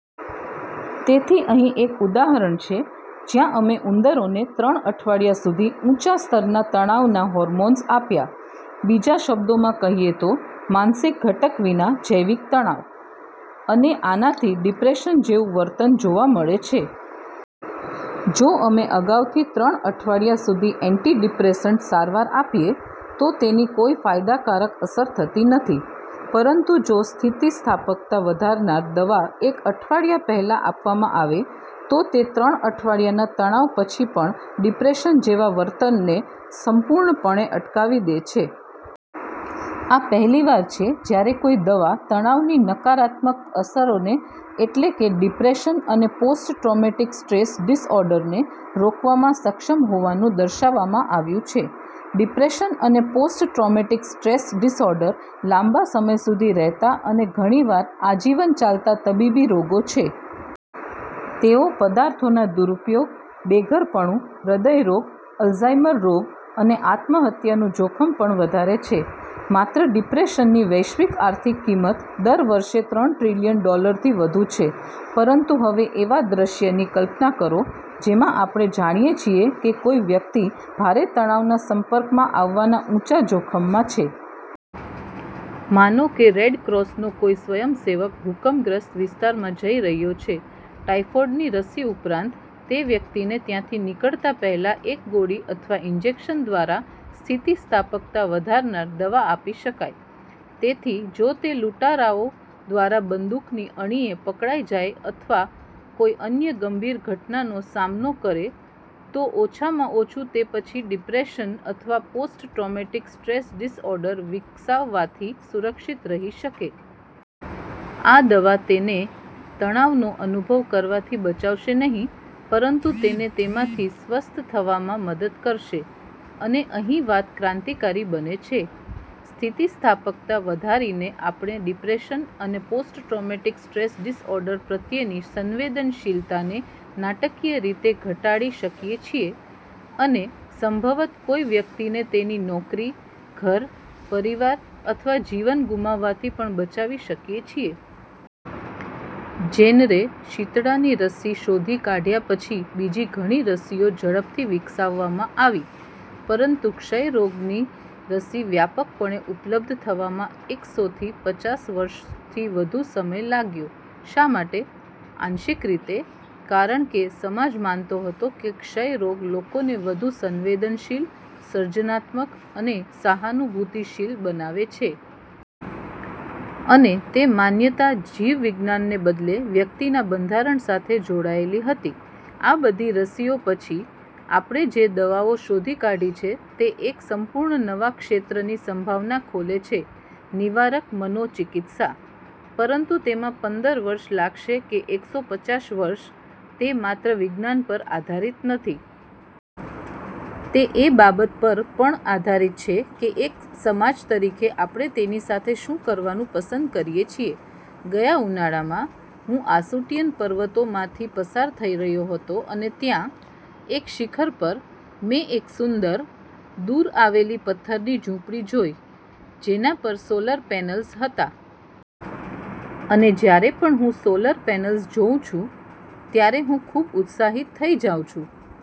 તેથી અહીં એક ઉદાહરણ છે, જ્યાં અમે ઉંદરોને ત્રણ અઠવાડિયા સુધી ઊંચા સ્તરના તણાવના હોર્મોન્સ આપ્યા. બીજા શબ્દોમાં કહીએ તો, માનસિક ઘટક વિના જૈવિક તણાવ. અને આનાથી ડિપ્રેશન જેવું વર્તન જોવા મળે છે. જો અમે અગાઉથી ત્રણ અઠવાડિયા સુધી એન્ટીડિપ્રેસન્ટ સારવાર આપીએ, તો તેની કોઈ ફાયદાકારક અસર થતી નથી. પરંતુ જો સ્થિતિસ્થાપકતા વધારનાર દવા એક અઠવાડિયા પહેલાં આપવામાં આવે, તો તે ત્રણ અઠવાડિયાના તણાવ પછી પણ ડિપ્રેશન જેવા વર્તનને સંપૂર્ણપણે અટકાવી દે છે. આ પહેલીવાર છે જ્યારે કોઈ દવા તણાવની નકારાત્મક અસરોને, એટલે કે ડિપ્રેશન અને પોસ્ટ-ટ્રોમેટિક સ્ટ્રેસ ડિસઓર્ડરને, રોકવામાં સક્ષમ હોવાનું દર્શાવવામાં આવ્યું છે. ડિપ્રેશન અને પોસ્ટ-ટ્રોમેટિક સ્ટ્રેસ ડિસઓર્ડર લાંબા સમય સુધી રહેતા અને ઘણીવાર આજીવન ચાલતા તબીબી રોગો છે. તેઓ પદાર્થોના દુરૂપયોગ, બેઘરપણું, હૃદયરોગ, અલ્ઝાઇમર રોગ અને આત્મહત્યાનું જોખમ પણ વધારે છે. માત્ર ડિપ્રેશનની વૈશ્વિક આર્થિક કિંમત દર વર્ષે ત્રણ ટ્રિલિયન ડોલરથી વધુ છે. પરંતુ હવે એવા દૃશ્યની કલ્પના કરો, જેમાં આપણે જાણીએ છીએ કે કોઈ વ્યક્તિ ભારે તણાવના સંપર્કમાં આવવાના ઊંચા જોખમમાં છે. માનો કે રેડ ક્રોસનો કોઈ સ્વયંસેવક ભૂકંપગ્રસ્ત વિસ્તારમાં જઈ રહ્યો છે. ટાઇફોઇડની રસી ઉપરાંત, તે વ્યક્તિને ત્યાંથી નીકળતા પહેલાં એક ગોળી અથવા ઇન્જેક્શન દ્વારા સ્થિતિસ્થાપકતા વધારનાર દવા આપી શકાય. તેથી જો તે લૂંટારાઓ દ્વારા બંદૂકની અણીએ પકડાઈ જાય અથવા કોઈ અન્ય ગંભીર ઘટનાનો સામનો કરે, તો ઓછામાં ઓછું તે પછી ડિપ્રેશન અથવા પોસ્ટ-ટ્રોમેટિક સ્ટ્રેસ ડિસઓર્ડર વિકસાવવાથી સુરક્ષિત રહી શકે. આ દવા તેને તણાવનો અનુભવ કરવાથી બચાવશે નહીં, પરંતુ તેને તેમાંથી સ્વસ્થ થવામાં મદદ કરશે. અને અહીં વાત ક્રાંતિકારી બને છે. સ્થિતિસ્થાપકતા વધારીને આપણે ડિપ્રેશન અને પોસ્ટ-ટ્રોમેટિક સ્ટ્રેસ ડિસઓર્ડર પ્રત્યેની સંવેદનશીલતાને નાટકીય રીતે ઘટાડી શકીએ છીએ, અને સંભવતઃ કોઈ વ્યક્તિને તેની નોકરી, ઘર, પરિવાર અથવા જીવન ગુમાવવાથી પણ બચાવી શકીએ છીએ. જેનરે શીતળાની રસી શોધી કાઢ્યા પછી બીજી ઘણી રસીઓ ઝડપથી વિકસાવવામાં આવી. પરંતુ ક્ષયરોગની રસી વ્યાપકપણે ઉપલબ્ધ થવામાં એકસોથી પચાસ વર્ષથી વધુ સમય લાગ્યો. શા માટે? આંશિક રીતે, કારણ કે સમાજ માનતો હતો કે ક્ષયરોગ લોકોને વધુ સંવેદનશીલ, સર્જનાત્મક અને સહાનુભૂતિશીલ બનાવે છે. અને તે માન્યતા જીવવિજ્ઞાનને બદલે વ્યક્તિના બંધારણ સાથે જોડાયેલી હતી. આ બધી રસીઓ પછી, આપણે જે દવાઓ શોધી કાઢી છે તે એક સંપૂર્ણ નવા ક્ષેત્રની સંભાવના ખોલે છે: નિવારક મનોચિકિત્સા. પરંતુ તેમાં પંદર વર્ષ લાગશે કે એકસો પચાસ વર્ષ, તે માત્ર વિજ્ઞાન પર આધારિત નથી. તે એ બાબત પર પણ આધારિત છે કે એક સમાજ તરીકે આપણે તેની સાથે શું કરવાનું પસંદ કરીએ છીએ. ગયા ઉનાળામાં, હું આસુટીયન પર્વતોમાંથી પસાર થઈ રહ્યો હતો અને ત્યાં, એક શિખર પર, મેં એક સુંદર, દૂર આવેલી પથ્થરની ઝૂંપડી જોઈ, જેના પર સોલર પેનલ્સ હતાં. અને જ્યારે પણ હું સોલર પેનલ્સ જોઉં છું, ત્યારે હું ખૂબ ઉત્સાહિત થઈ જાઉં છું.